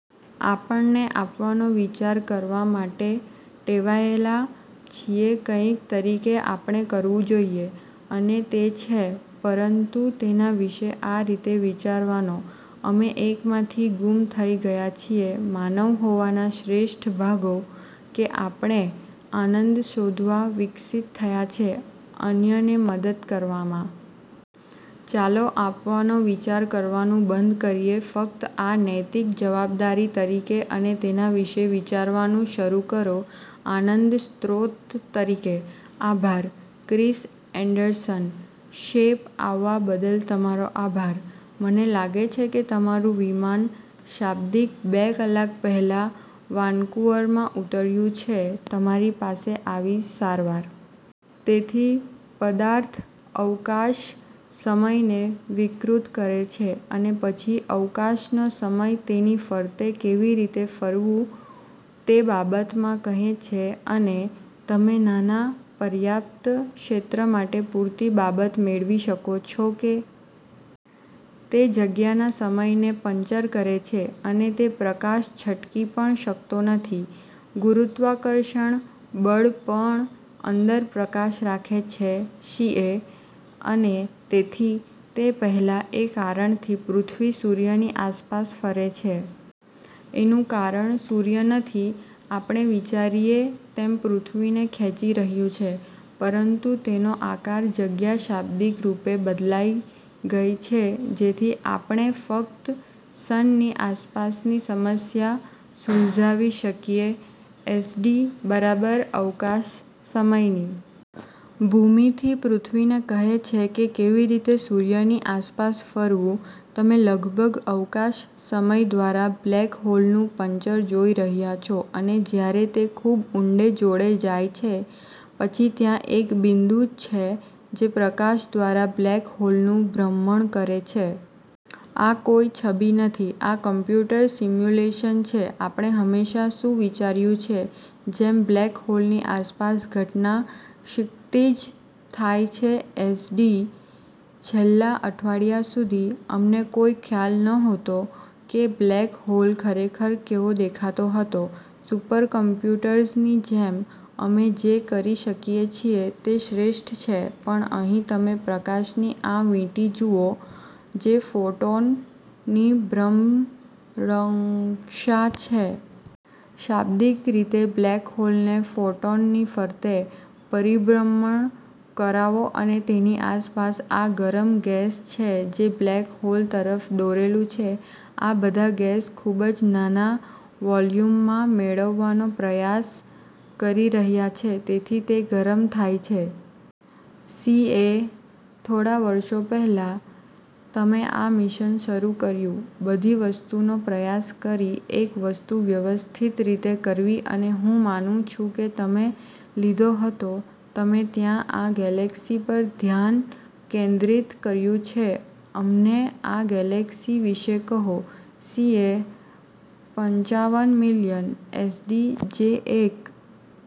આપણને આપવાનો વિચાર કરવા માટે ટેવાયેલા છીએ કંઈક તરીકે આપણે કરવું જોઈએ. અને તે છે. પરંતુ તેના વિશે આ રીતે વિચારવાનો, અમે એકમાંથી ગુમ થઈ ગયા છીએ માનવ હોવાના શ્રેષ્ઠ ભાગો: કે આપણે આનંદ શોધવા વિકસિત થયા છે અન્યને મદદ કરવામાં. ચાલો આપવાનો વિચાર કરવાનું બંધ કરીએ ફક્ત આ નૈતિક જવાબદારી તરીકે અને તેના વિશે વિચારવાનું શરૂ કરો આનંદ સ્ત્રોત તરીકે. આભાર. ક્રિસ એન્ડરસન: શેપ, આવવા બદલ તમારો આભાર. મને લાગે છે કે તમારું વિમાન શાબ્દિક બે કલાક પહેલા વાનકુવરમાં ઉતર્યું છે તમારી પાસે આવી સારવાર. તેથી, પદાર્થ અવકાશ-સમયને વિકૃત કરે છે, અને પછી અવકાશ નો સમય તેની ફરતે કેવી રીતે ફરવું તે બાબત માં કહે છે અને। તમે નાના પર્યાપ્ત ક્ષેત્ર માટે પૂરતી બાબત મેળવી શકો છો કે તે જગ્યાના સમયને પંચર કરે છે, અને તે પ્રકાશ છટકી પણ શકતો નથી, ગુરુત્વાકર્ષણ બળ પણ અંદર પ્રકાશ રાખે છે સીએ: અને તેથી, તે પહેલાં, એ કારણ થી પૃથ્વી સૂર્યની આસપાસ ફરે છે એનું કારણ સૂર્ય નથી આપણે વિચારીએ તેમ પૃથ્વીને ખેંચી રહ્યું છે, પરંતુ તેનો આકાર જગ્યા શાબ્દિક રૂપે બદલાઈ ગઈ છે જેથી આપણે ફક્ત સન ની આસપાસ ની સમસ્યા સુલઝાવી શકીએ એસડી: બરાબર, અવકાશ-સમયની ભૂમિતિ પૃથ્વીને કહે છે કે કેવી રીતે સૂર્ય ની આસપાસ ફરવું તમે લગભગ અવકાશ-સમય દ્વારા બ્લેક હોલ નું પંચર જોઈ રહ્યા છો અને જ્યારે તે ખૂબ ઉંડે જોડે જાય છે, પછી ત્યાં એક બિંદુ છે જે પ્રકાશ દ્વારા બ્લેક હોલનું ભ્રમણ કરે છે. આ કોઈ છબી નથી, આ કમ્પ્યુટર સિમ્યુલેશન છે આપણે હંમેશાં શું વિચાર્યું છે, જેમ, બ્લેક હોલ ની આસપાસ ઘટના ક્ષિતિજ થાય છે એસડી: છેલ્લા અઠવાડિયા સુધી, અમને કોઈ ખ્યાલ નહોતો કે બ્લેક હોલ ખરેખર કેવો દેખાતો હતો સુપર કોમ્પ્યુટર્સની જેમ અમે જે કરી શકીએ છીએ તે શ્રેષ્ઠ છે પણ અહીં તમે પ્રકાશની આ વીંટી જુઓ, જે ફોટોન ની ભ્રમણકક્ષા છે. શાબ્દિક રીતે બ્લેક હોલ ને ફોટોન ની ફરતે પરિભ્રમણ કરાવો અને તેની આસપાસ આ ગરમ ગેસ છે જે બ્લેક હોલ તરફ દોરેલું છે, આ બધા ગેસ ખૂબ જ નાના વોલ્યુમમાં મેળવવાનો પ્રયાસ કરી રહ્યા છે તેથી તે ગરમ થાય છે. સીએ: થોડા વર્ષો પહેલા, તમે આ મિશન શરૂ કર્યું બધી વસ્તુ નો પ્રયાસ કરી એક વસ્તુ વ્યવસ્થિત રીતે કરવી અને હું માનું છું કે તમે લીધો હતો તમે ત્યાં આ ગેલેક્સી પર ધ્યાન કેન્દ્રિત કર્યું છે અમને આ ગેલેક્સી વિશે કહો. સીએ: પંચાવન મિલિયન. એસડી: જે એક